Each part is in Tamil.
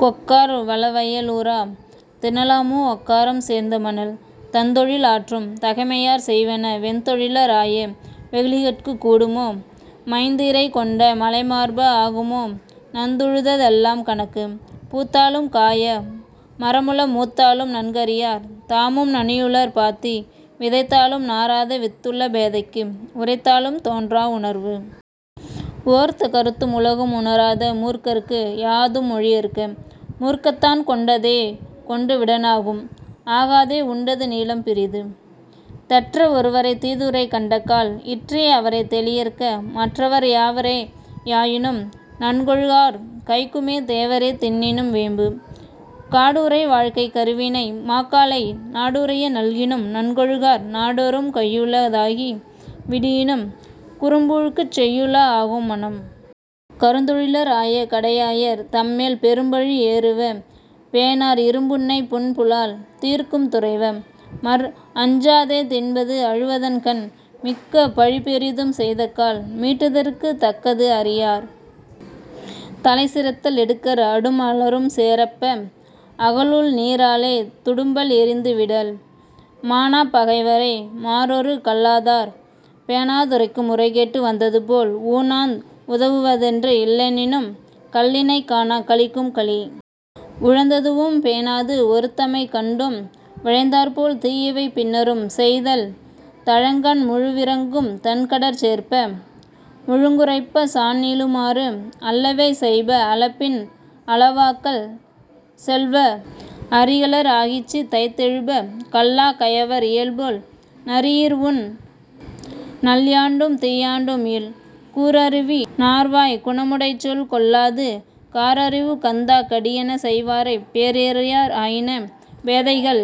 கொக்கார் வளவய லூரா! 'தினலாமோ அக்காரம் சேர்ந்த மணல்'. தந்தொழில் ஆற்றும் தகைமையார் செய்வன வெந்தொழிலர் ஆய வெகுளிகட்குக் கூடுமோ? மைந்இறை கொண்ட மலைமார்ப! 'ஆகுமோ நந்துழுத எல்லாம் கணக்கு? '. பூத்தாலும் காயா மரமுள மூத்தாலும் நன்கறியார் தாமும் நனியுளர் பாத்தி விதைத்தாலும் நாறாத வித்துள பேதைக்கு 'உரைத்தாலும் தோன்றா உணர்வு'. ஓர்த்த கருத்தும் உலகும் உணராத மூர்க்கர்க்கு யாதும் மொழியற்க! மூர்க்கன்தான் கொண்டதே கொண்டு விடானாகும் 'ஆகாதே உண்டது நீலம் பிறிது'. தெற்ற ஒருவரைத் தீதுரை கண்டக்கால் இற்றே அவரைத் தெளியற்க மற்றவர் யாவரே யாயினும் நன்கொழுகார் 'கைக்குமே தேவரே தின்னினும் வேம்பு'. காடுறை வாழ்க்கைக் கருவினை மாக்களை நாடுறைய நல்கினும் நன்கொழுகார் நாடொறும் கையுள தாகி விடினும் 'குறும்பூழ்க்குச் செய்யுள ஆகும் மனம்'. கருந்தொழிலர் ஆய கடையாயர் தம்மேல் பெரும்பழி யேறுவ பேணார் இரும்புன்னை புன்புலால் தீர்க்கும் துறைவ! மற் 'அஞ்சாதே தின்பது அழுவதன் கண்'. மிக்க பழிபெரிதும் செய்தக்கால் மீட்டதற்குத் தக்கது அறியார் தலைசிறத்தல் எக்கர் அடும்அலரும் சேரப்ப! 'அகலுள்நீ ராலே துடும்பல் எறிந்து விடல்'. மாணாப் பகைவரை மாறொறுக் கல்லாதார் பேணா துரைக்கும் உரைகேட்டு வந்ததுபோல் ஊணார்ந் உதவுவதொன்று இல்லெனினும் 'கள்ளினைக் காணாக் களிக்கும் களி'. உழந்ததூஉம் பேணாது ஒறுத்தமை கண்டும் விழைந்தார்போல் தீயவை பின்னரும் செய்தல் தழங்கண் முழவிரங்கும் தண்கடற் சேர்ப்ப! 'முழங்குறைப்ப சாண்நீளு மாறு'. அல்லவை செய்ப அலப்பின் அலவாக்கால் செல்வ அறிகலர் ஆகிச்சி தைத்தெழுப கல்லாக் கயவர் இயல்போல் 'நரியிற் ஊண் நல்யாண்டும் தீயாண்டும் இல்'. கூரறிவி னார்வாய்க் குணமுடைச்சொல் கொள்ளாது காரறிவு கந்தாக் கடியன செய்வாரைப் பேரறியார் ஆயின பேதைகள்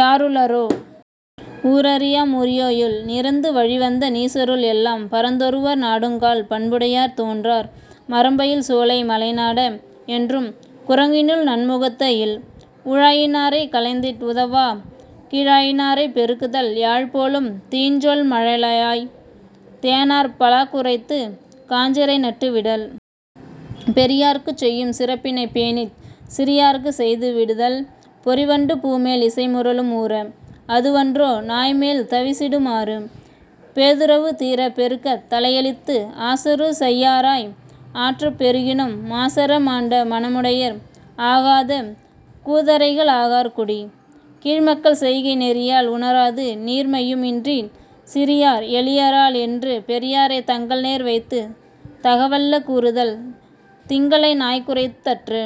யாருளரோ? 'ஊரறியா மூரியோ இல்'. நிரந்து வழிவந்த நீசருள் எல்லாம் பரந்தொருவர் நாடுங்கால் பண்புடையார் தோன்றார் மரம்பயில் சோலை மலைநாட! என்றும் 'குரங்கினுள் நன்முகத்த இல்'. ஊழாயி னாரைக் களைந்திட் உதவாத கீழாயி னாரைப் பெருக்குதல் யாழ்போலும் தீஞ்சொல் மழலையாய்! தேனார் 'பலாக்குறைத்துக் காஞ்சிரை நட்டு விடல்'. பெரியார்க்குச் செய்யும் சிறப்பினைப் பேணிச் சிறியார்க்குச் செய்து விடுதல் பொறிவண்டு பூமேல் இசைமுரலும் ஊர! அதுவன்றோ 'நாய்மேல் தவிசிடு மாறு'. பேதுறவு தீரப் பெருக்கத் தலையளித்து ஆசறு செய்யாராய் ஆற்றப் பெருகினும் மாசற மாண்ட மனமுடையர் ஆகாத 'கூதறைகள் ஆகார் குடி. '. கீழ்மக்கள் செய்கை நெறியால் உணராது நீர்மையும் இன்றிச் சிறியார் எளியரால் என்று பெரியாரைத் தங்கள்நேர் வைத்துத் தகவல்ல கூறுதல் 'திங்களை நாய்குரைத் தற்று'.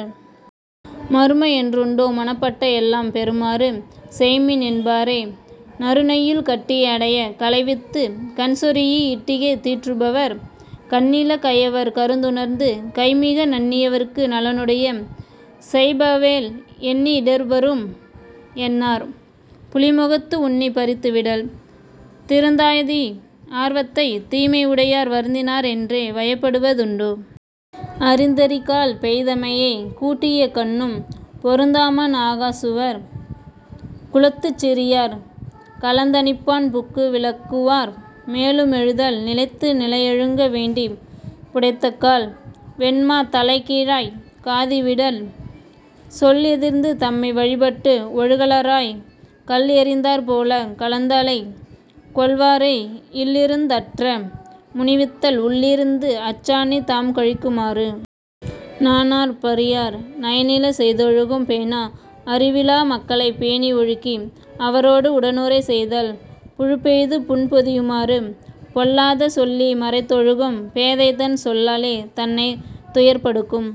மறுமையொன் றுண்டோ மனப்பட்ட எல்லாம் பெறுமாறு செய்ம்மின் என்பாரே- நறுநெய்யுள் கட்டி அடையைக் களைவித்துக் 'கண்சொரீஇ இட்டிகை தீற்று பவர்'. கண்ணில கயவர் கருத்துணர்ந்து கைமிக நண்ணி யவர்க்கு நலனுடைய செய்பவேல் எண்ணி இடர்வரும் என்னார் 'புலிமுகத்து உண்ணி பறித்து விடல்'. திருந்தாய்நீ ஆர்வத்தைத் தீமை உடையார் வருந்தினார் என்றே வயப்படுவ துண்டோ? அரிந்தரிகால் பெய்தமையக் கூட்டியக் கண்ணும் 'பொருந்தாமண் ஆகா சுவர்'. குலத்துச் சிறியார் கலாந்தணிப்பான் புக்கு விலக்குவார் மேலும் எழுதல் நிலத்து நிலையழுங்க வேண்டிப் புடைத்தக்கால் 'வெண்மாத் தலைக்கீழாக் காதி விடல்'. சொல்எதிர்ந்து தம்மை வழிபட்டு ஒழுகலராய்க் கல்எறிந்தாற் போலத் கலாந்தலைக் கொள்வாரை இல்இருந் ஆற்ற முனிவித்தல் 'உள்ளிருந்து அச்சாணி தாம்கழிக்கு மாறு'. நாணார் பரியார் நயனில செய்தொழுகும் பேணா அறிவிலா மக்களைப் பேணி ஒழுக்கி அவரோடு உடனுறை செய்தல் 'புழுப்பெய்து புண்பொதியு மாறு'. பொல்லாத சொல்லி மறைத்தொழுகும் பேதைதன் சொல்லாலே தன்னைத் துயர்ப்படுக்கும்